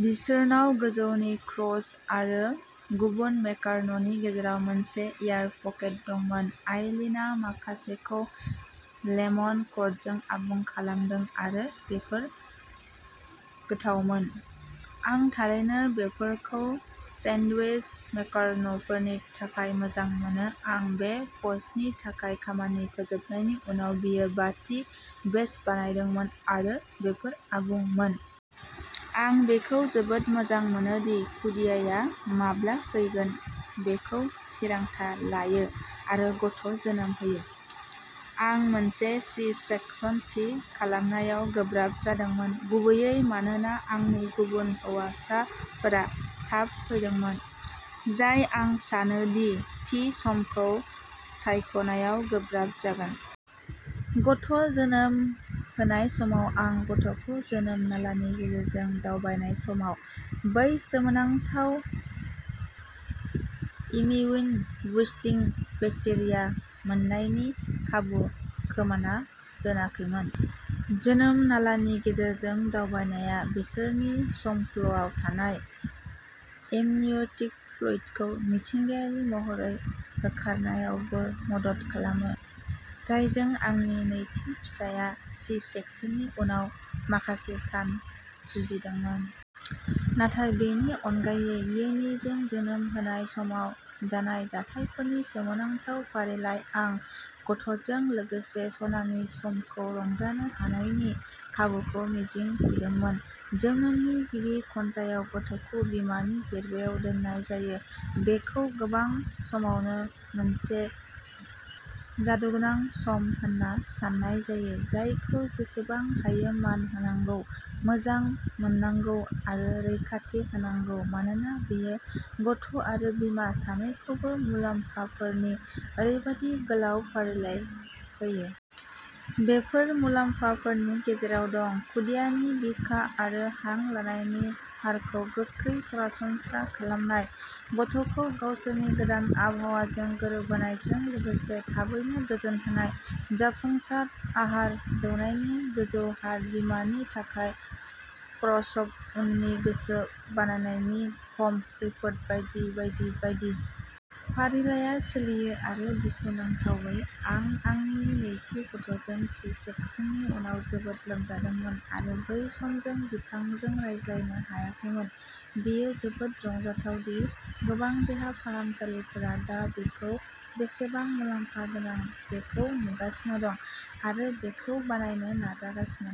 बिसोरनाव गोजौनि क्रस्ट आरो गुबुन मेकार'ननि गेजेराव मोनसे एयार पकेट दंमोन। आइलीनआ माखासेखौ लेमन कर्डजों आबुं खालामदोंमोन आरो बेफोर गोथावमोन! आं थारैनो बेफोरखौ सेन्डविच मेकार'नफोरनि थाखाय मोजां मोनो। आं बे पस्टनि थाखाय खामानि फोजोबनायनि उनाव बियो बाथि बेच बानायदोंमोन आरो बेफोर आबुंमोन। आं बेखौ जोबोद मोजां मोनो दि खुदियाया माब्ला फैगोन बेखौ थिरांथा लायो आरो गथ'जोनोम होयो। आं मोनसे सि-सेकसन थि खालामनायाव गोब्राब जादोंमोन, गुबैयै मानोना आंनि गुबुन हौवासाफोरा थाब फैदोंमोन, जाय आं सानो दि थि समखौ सायख'नायाव गोब्राब जागोन। गथ'जोनोम होनाय समाव आं गथ'खौ जोनोम नालानि गेजेरजों दावबायनाय समाव बै सोमोनांथाव इमिउन बुस्टिं बेक्टेरिया मोननायनि खाबुखौ खोमाना दोनाखैमोन। जोनोम नालानि गेजेरजों दावबायनाया बिसोरनि संफ्ल'आव थानाय एमनिय'टिक फ्लुइडखौ मिथिंगायारि महरै होखारनायावबो मदद खालामो, जायजों आंनि नैथि फिसाया सि-सेकसननि उनाव माखासे सान जुजिदोंमोन। नाथाय बेनि अनगायै। योनिजों जोनोम होनाय समाव जानाय जाथायफोरनि सोमोनांथाव फारिलाइ, आं गथ'जों लोगोसे सनानि समखौ रंजानो हानायनि खाबुखौ मिजिं थिदोंमोन। जोनोमनि गिबि घन्टायाव गथ'खौ बिमानि जेरबायाव दोननाय जायो, बेखौ गोबां समावनो मोनसे "जादुगोनां" सम होनना साननाय जायो, जायखौ जेसेबां हायो मान होनांगौ, मोजां मोननांगौ आरो रैखाथि होनांगौ मानोना बेयो गथ'आरो बिमा सानैखौबो मुलाम्फाफोरनि ओरैबायदि गोलाव फारिलाइ होयो। बेफोर मुलाम्फाफोरनि गेजेराव दं, खुदियानि बिखा आरो हां लानायनि हारखौ गोख्रै सरासनस्रा खालामनाय, गथ'खौ गावसोरनि गोदान आबहावाजों गोरोबहोनायजों लोगोसे थाबैनो गोजोन होनाय, जाफुंसार आहार दौनायनि गोजौ हार, बिमानि थाखाय प्रसब-उननि गोसो बायनायनि खम खैफोद बायदि बायदि बायदि। फारिलाइआ सोलियो आरो दुखुनांथावै, आं आंनि नैथि गथ'जों सि-सेकसननि उनाव जोबोद लोमजादोंमोन आरो बै समखौ बिथांजों रानलायनो हायाखैमोन। बेयो जोबोद रंजाथाव दि गोबां देहा फाहामसालिफोरा दा बेखौ बेसेबां मुलाम्फा गोनां बेखौ नुगासिनो दं आरो बेखौ बानायनो नाजागासिनो दं।